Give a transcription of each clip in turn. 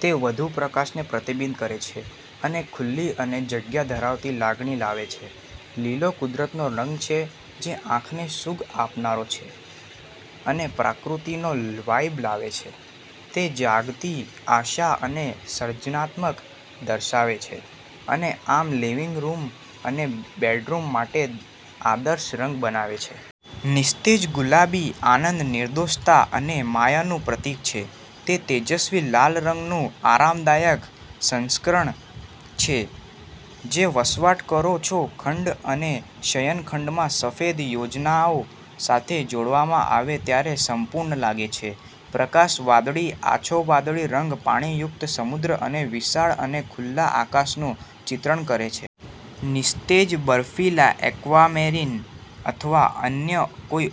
તે વધુ પ્રકાશને પ્રતિબિંબિત કરે છે અને ખુલ્લી અને જગ્યા ધરાવતી લાગણી લાવે છે. લીલો કુદરતનો રંગ છે જે આંખને સુખ આપનારો છે અને પ્રકૃતિનો વાઇબ લાવે છે. તે તાજગી, આશા અને સર્જનાત્મકતા દર્શાવે છે અને આમ લિવિંગ રૂમ અને બેડરૂમ માટે આદર્શ રંગ બનાવે છે. નિસ્તેજ ગુલાબી આનંદ, નિર્દોષતા અને માયાનું પ્રતીક છે. તે તેજસ્વી લાલ રંગનું આરામદાયક સંસ્કરણ છે જે વસવાટ કરો છો ખંડ અને શયનખંડમાં સફેદ યોજનાઓ સાથે જોડવામાં આવે ત્યારે સંપૂર્ણ લાગે છે. પ્રકાશ વાદળી, આછો વાદળી રંગ પાણીયુક્ત સમુદ્ર અને વિશાળ અને ખુલ્લા આકાશનું ચિત્રણ કરે છે. નિસ્તેજ બર્ફીલા, એક્વામેરિન અથવા અન્ય કોઈ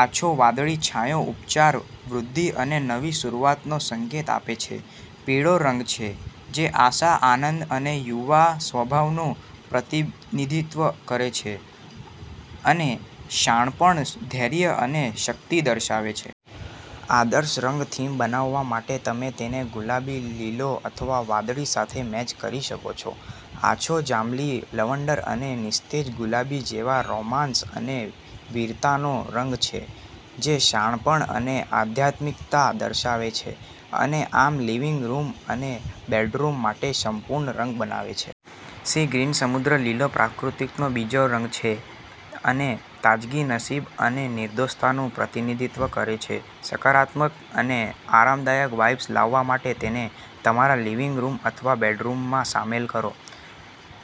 આછો વાદળી છાંયો ઉપચાર, વૃદ્ધિ અને નવી શરૂઆતનો સંકેત આપે છે. પીળો રંગ છે જે આશા, આનંદ અને યુવા સ્વભાવનું પ્રતિનિધિત્વ કરે છે અને શાણપણ, ધૈર્ય અને શક્તિ દર્શાવે છે. આદર્શ રંગ થીમ બનાવવા માટે તમે તેને ગુલાબી, લીલો અથવા વાદળી સાથે મેચ કરી શકો છો. આછો જાંબલી લવંડર અને નિસ્તેજ ગુલાબી જેવા રોમાંસ અને વીરતાનો રંગ છે. તે શાણપણ અને આધ્યાત્મિકતા દર્શાવે છે અને આમ લિવિંગ રૂમ અને બેડરૂમ માટે સંપૂર્ણ રંગ બનાવે છે. સી ગ્રીન, સમુદ્ર લીલો પ્રકૃતિનો બીજો રંગ છે અને તાજગી, નસીબ અને નિર્દોષતાનું પ્રતિનિધિત્વ કરે છે. સકારાત્મક અને આરામદાયક વાઇબ્સ લાવવા માટે તેને તમારા લિવિંગ રૂમ અથવા બેડરૂમમાં સામેલ કરો.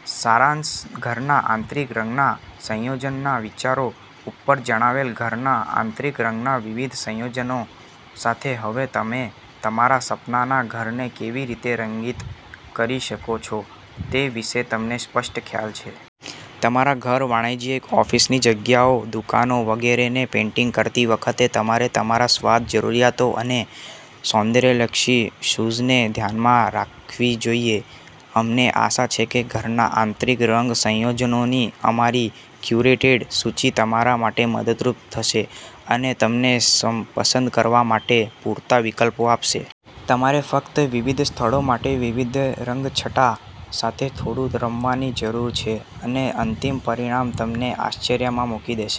સારાંશઘરના આંતરિક રંગના સંયોજનના વિચારો ઉપર જણાવેલ ઘરના આંતરિક રંગના વિવિધ સંયોજનો સાથે હવે તમે તમારા સપનાના ઘરને કેવી રીતે રંગિત કરી શકો છો તે વિશે તમને સ્પષ્ટ ખ્યાલ છે. તમારા ઘર, વાણિજ્યિક, ઓફિસની જગ્યાઓ, દુકાનો વગેરેને પેઇન્ટિંગ કરતી વખતે તમારે તમારા સ્વાદ, જરૂરિયાતો અને સૌંદર્યલક્ષી સૂઝને ધ્યાનમાં રાખવી જોઈએ. અમને આશા છે કે ઘરના આંતરિક રંગ સંયોજનોની અમારી ક્યુરેટેડ સૂચિ તમારા માટે મદદરૂપ થશે અને તમને પસંદ કરવા માટે પૂરતા વિકલ્પો આપશે. તમારે ફક્ત વિવિધ સ્થળો માટે વિવિધ રંગછટા સાથે થોડું રમવાની જરૂર છે અને અંતિમ પરિણામ તમને આશ્ચર્યમાં મૂકી દેશે.